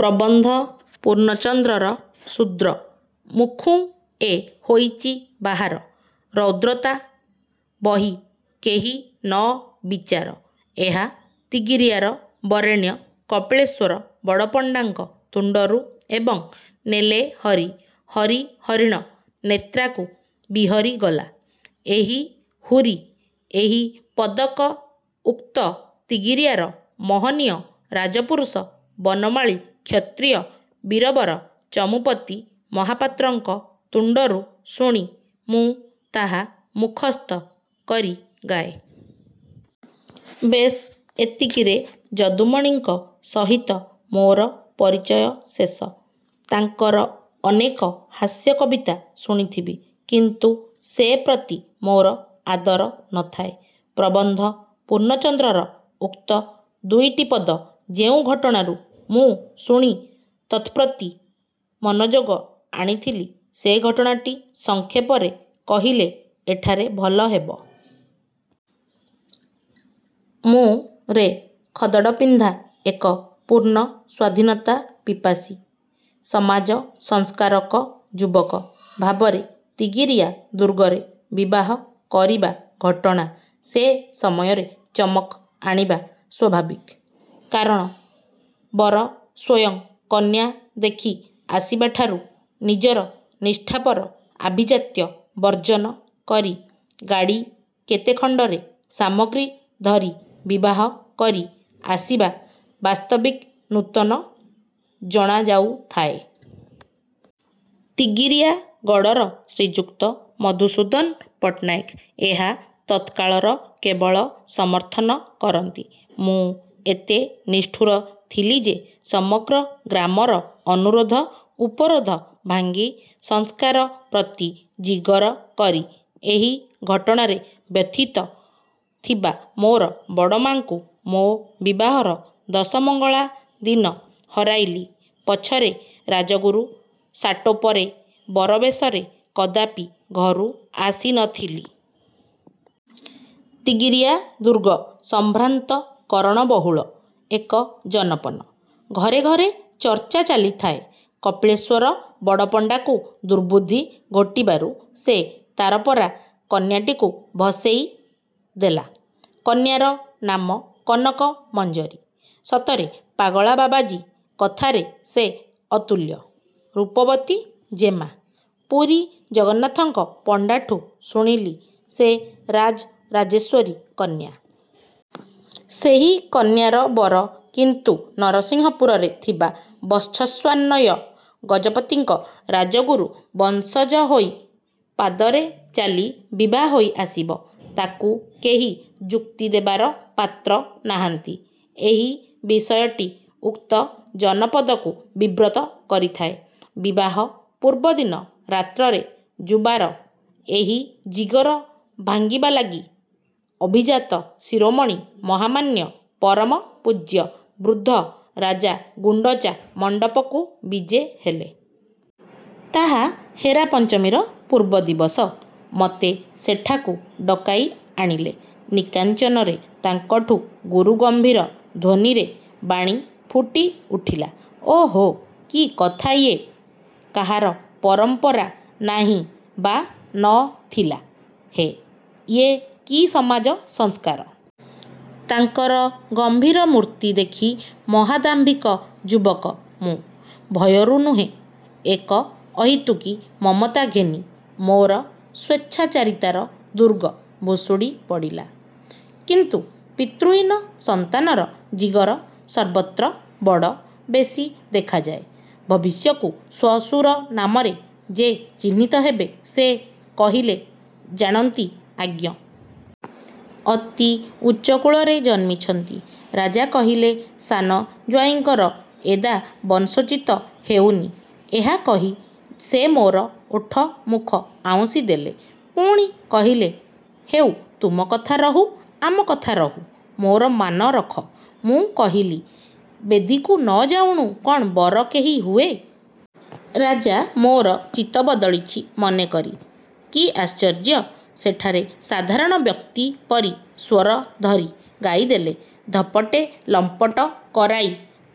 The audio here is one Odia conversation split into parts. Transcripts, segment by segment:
ପ୍ରବନ୍ଧ ପୂର୍ଣ୍ଣଚନ୍ଦ୍ରର 'ଶୁଦ୍ର ମୁଖୁଁ ଏ ହୋଇଛି ବାହାର, ରୌଦ୍ରତା ବହି କେହି ନ ବିଚାର'-ଏହା ତିଗିରିଆର ବରେଣ୍ୟ କପିଳେଶ୍ୱର ବଡ଼ପଣ୍ଡାଙ୍କ ତୁଣ୍ଡରୁ ଏବଂ 'ନେଲେ ହରି ହରି ହରିଣ ନେତ୍ରାକୁ ବିହରିଗଲା। ଏହି ହୁରି' ଏହି ପଦକ ଉକ୍ତ ତିଗିରିଆର ମହନୀୟ ରାଜପୁରୁଷ ବନମାଳୀ କ୍ଷତ୍ରିୟ ବୀରବର ଚମୁପତି ମହାପାତ୍ରଙ୍କ ତୁଣ୍ଡରୁ ଶୁଣି ମୁଁ ତାହା ମୁଖସ୍ଥ କରି ଗାଏ। -ବେଶ୍, ଏତିକିରେ ଯଦୁମଣିଙ୍କ ସହିତ ମୋର ପରିଚୟ ଶେଷ। ତାଙ୍କର ଅନେକ ହାସ୍ୟ କବିତା ଶୁଣିଥିବି। କିନ୍ତୁ ସେ ପ୍ରତି ମୋର ଆଦର ନ ଥାଏ। ପ୍ରବନ୍ଧ ପୂର୍ଣ୍ଣଚନ୍ଦ୍ରର ଉକ୍ତ ଦୁଇଟି ପଦ ଯେଉଁ ଘଟଣାରୁ ମୁଁ ଶୁଣି ତତ୍ପ୍ରତି ମନଯୋଗ ଆଣିଥିଲି, ସେ ଘଟଣାଟି ସଂକ୍ଷେପରେ କହିଲେ ଏଠାରେ ଭଲ ହେବ। ମୁଁ ରେ ଖଦଡ଼ପିନ୍ଧା ଏକ ପୂର୍ଣ୍ଣ ସ୍ୱାଧୀନତାପିପାସୀ ସମାଜସଂସ୍କାରକ ଯୁବକ ଭାବରେ ତିଗିରିଆ ଦୁର୍ଗରେ ବିବାହ କରିବା ଘଟଣା ସେ ସମୟରେ ଚମକ୍ ଆଣିବା ସ୍ୱାଭାବିକ। କାରଣ ବର ସ୍ୱୟଂ କନ୍ୟା ଦେଖି ଆସିବାଠାରୁ ନିଜର ନିଷ୍ଠାପର ଆଭିଜାତ୍ୟ ବର୍ଜ୍ଜନ କରି ଗାଡ଼ି କେତେ ଖଣ୍ଡରେ ସାମଗ୍ରୀ ଧରି ବିବାହ କରି ଆସିବା ବାସ୍ତବିକ୍ ନୂତନ ଜଣାଯାଉଥାଏ। ତିଗିରିଆ ଗଡ଼ର ଶ୍ରୀଯୁକ୍ତ ମଧୁସୂଦନ ପଟ୍ଟନାୟକ ଏହା ତତ୍କାଳର କେବଳ ସମର୍ଥନ କରନ୍ତି। ମୁଁ ଏତେ ନିଷ୍ଠୁର ଥିଲି ଯେ ସମଗ୍ର ଗ୍ରାମରେ ଅନୁରୋଧ ଉପରୋଧ ଭାଙ୍ଗି ସଂସ୍କାର ପ୍ରତି ଜିଗର କରି ଏହି ଘଟଣାରେ ବ୍ୟଥିତ ଥିବା ମୋର ବଡ଼ମାଆଙ୍କୁ ମୋ ବିବାହର ଦଶମଙ୍ଗଳା ଦିନ ହରାଇଲି ପଛରେ, ରାଜଗୁରୁ ସାଟୋପରେ, ବରବେଶରେ କଦାପି ଘରୁ ଆସି ନ ଥିଲି। ତିଗିରିଆ ଦୁର୍ଗ ସମ୍ଭ୍ରାନ୍ତ କରଣବହୁଳ ଏକ ଜନପନ। ଘରେ ଘରେ ଚର୍ଚ୍ଚା ଚାଲିଥାଏ କପିଳଶ୍ୱର ବଡ଼ପଣ୍ଡାକୁ ଦୁର୍ବୁଦ୍ଧି ଘୋଟିବାରୁ ସେ ତାରପରା କନ୍ୟାଟିକୁ ଭସେଇଦେଲା। କନ୍ୟାର ନାମ କନକ ମଞ୍ଜରୀ। ସତରେ ପାଗଳା ବାବାଜୀ କଥାରେ ସେ ଅତୁଲ୍ୟ ରୂପବତୀ ଜେମା। ପୁରୀ ଜଗନ୍ନାଥଙ୍କ ପଣ୍ଡାଠୁ ଶୁଣିଲି ସେ ରାଜରାଜେଶ୍ୱରୀ କନ୍ୟା। ସେହି କନ୍ୟାର ବର କିନ୍ତୁ ନରସିଂହପୁରରେ ଥିବା ବତ୍ସସାନ୍ୱୟ ଗଜପତିଙ୍କ ରାଜଗୁରୁ ବଂଶଜ ହୋଇ ପଦରେ ଚାଲି ବିଭା ହୋଇ ଆସିବ, ତାକୁ କେହି ଯୁକ୍ତିଦେବାର ପାତ୍ର ନାହାନ୍ତି, ଏହି ବିଷୟଟି ଉକ୍ତ ଜନପଦକୁ ବିବ୍ରତ କରିଥାଏ। ବିବାହ ପୂର୍ବଦିନ ରାତ୍ରରେ ଯୁବାର ଏହି ଜିଗର ଭାଙ୍ଗିବା ଲାଗି ଅଭିଜାତ ଶିରୋମଣୀ ମହାମାନ୍ୟ ପରମପୂଜ୍ୟ ବୃଦ୍ଧ ରାଜା ଗୁଣ୍ଡଚା ମଣ୍ଡପକୁ ବିଜେ ହେଲେ। ତାହା ହେରା ପଞ୍ଚମୀର ପୂର୍ବ ଦିବସ। ମୋତେ ସେଠାକୁ ଡକାଇ ଆଣିଲେ। ନିକାଞ୍ଚନରେ ତାଙ୍କଠୁ ଗୁରୁ ଗମ୍ଭୀର ଧ୍ୱନିରେ ବାଣୀ ଫୁଟି ଉଠିଲା- 'ଓ ହୋ, କି କଥା ୟେ। କାହାର ପରଂପରା ନାହିଁ ବା ନ ଥିଲା ହେ? ୟେ କି ସମାଜ ସଂସ୍କାର? ' ତାଙ୍କର ଗମ୍ଭୀର ମୂର୍ତ୍ତି ଦେଖି ମହାଦାମ୍ଭିକ ଯୁବକ ମୁଁ, ଭୟରୁ ନୁହେଁ, ଏକ ଅହୈତୁକି ମମତା ଘେନି ମୋର ସ୍ୱେଚ୍ଛାଚାରିତାର ଦୁର୍ଗ ଭୁଷୁଡ଼ି ପଡ଼ିଲା। କିନ୍ତୁ ପିତୃହୀନ ସନ୍ତାନର ଜିଗର ସର୍ବତ୍ର ବଡ଼ ବେଶୀ ଦେଖାଯାଏ। ଭବିଷ୍ୟତ୍କୁ ଶ୍ୱଶୁର ନାମରେ ଯେ ଚିହ୍ନିତ ହେବେ, ସେ କହିଲେ-ଜାଣନ୍ତି ଆଜ୍ଞ! ଅତି ଉଚ୍ଚକୁଳରେ ଜନ୍ମିଛନ୍ତି। ରାଜା କହିଲେ-'ସାନ ଜୁଆଇଁଙ୍କର ଏଦା ବଂଶୋଚିତ ହେଉନି। ' ଏହା କହି ସେ ମୋର ଓଠ ମୁଖ ଆଉଁସି ଦେଲେ। ପୁଣି କହିଲେ- 'ହେଉ ତୁମ କଥା ରହୁ-ଆମ କଥା ରହୁ। ମୋର ମାନ ରଖ। ' ମୁଁ କହିଲି-'ବେଦୀକୁ ନ ଯାଉଣୁ କଣ ବର କେହି ହୁଏ? ' ରାଜା ମୋର ଚିତ୍ତ ବଦଳିଛି ମନେକରି, କି ଆଶ୍ଚର୍ଯ୍ୟ, ସେଠାରେ ସାଧାରଣ ବ୍ୟକ୍ତି ପରି ସ୍ୱର ଧରି ଗାଇଦେଲେ- ଧପଟେ ଲମ୍ପଟ କରାଇ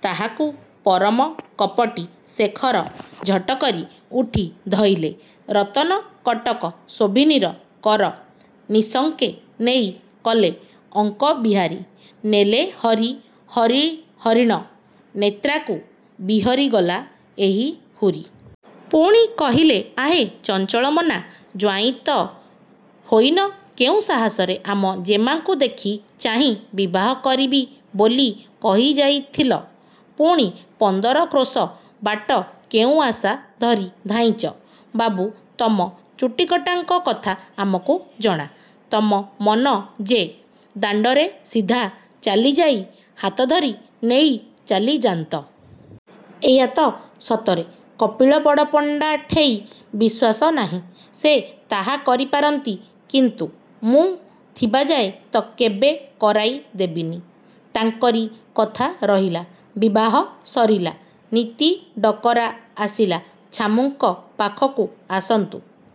ତାହାକୁ ପରମ କପଟୀ ଶେଖର ଝଟକରି ଉଠି ଧଇଲେ ରତନ କଟକ ଶୋଭିନୀର କର ନିଃଶଙ୍କେ ନେଇ କଲେ ଅଙ୍କ ବିହାରୀ ନେଲେ ହରି ହରି ହରିଣ ନେତ୍ରାକୁ ବିହରିଗଲା ଏହି ହୁରି। ପୁଣି କହିଲେ-ଆହେ ଚଞ୍ଚଳମନା! ଜୁଆଇଁ ତ ହୋଇନ, କେଉଁ ସାହସରେ ଆମ ଜେମାକୁ ଦେଖି ଚାହିଁ ବିବାହ କରିବି ବୋଲି କହି ଯାଇଥିଲ? ପୁଣି ପନ୍ଦର କ୍ରୋଶ ବାଟ କେଉଁ ଆଶା ଧରି ଧାଇଁଚ? ବାବୁ, ତମ ଚୁଟିକଟାଙ୍କ କଥା ଆମକୁ ଜଣା। ତମ ମନ ଯେ-ଦାଣ୍ଡରେ ସିଧା ଚାଲିଯାଇ ହାତଧରି ନେଇ ଚାଲିଯାନ୍ତ। ଏୟାତ? ସତରେ କପିଳ ବଡ଼ପଣ୍ଡାଠେଇ ବିଶ୍ୱାସ ନାହିଁ। ସେ ତାହା କରିପାରନ୍ତି। କିନ୍ତୁ ମୁଁ ଥିବାଯାଏ ତ କେବେ କରାଇ ଦେବିନି। ' ତାଙ୍କରି କଥା ରହିଲା। ବିବାହ ସରିଲା। ନିତି ଡକରା ଆସିଲା- 'ଛାମୁଁଙ୍କ ପାଖକୁ ଆସନ୍ତୁ।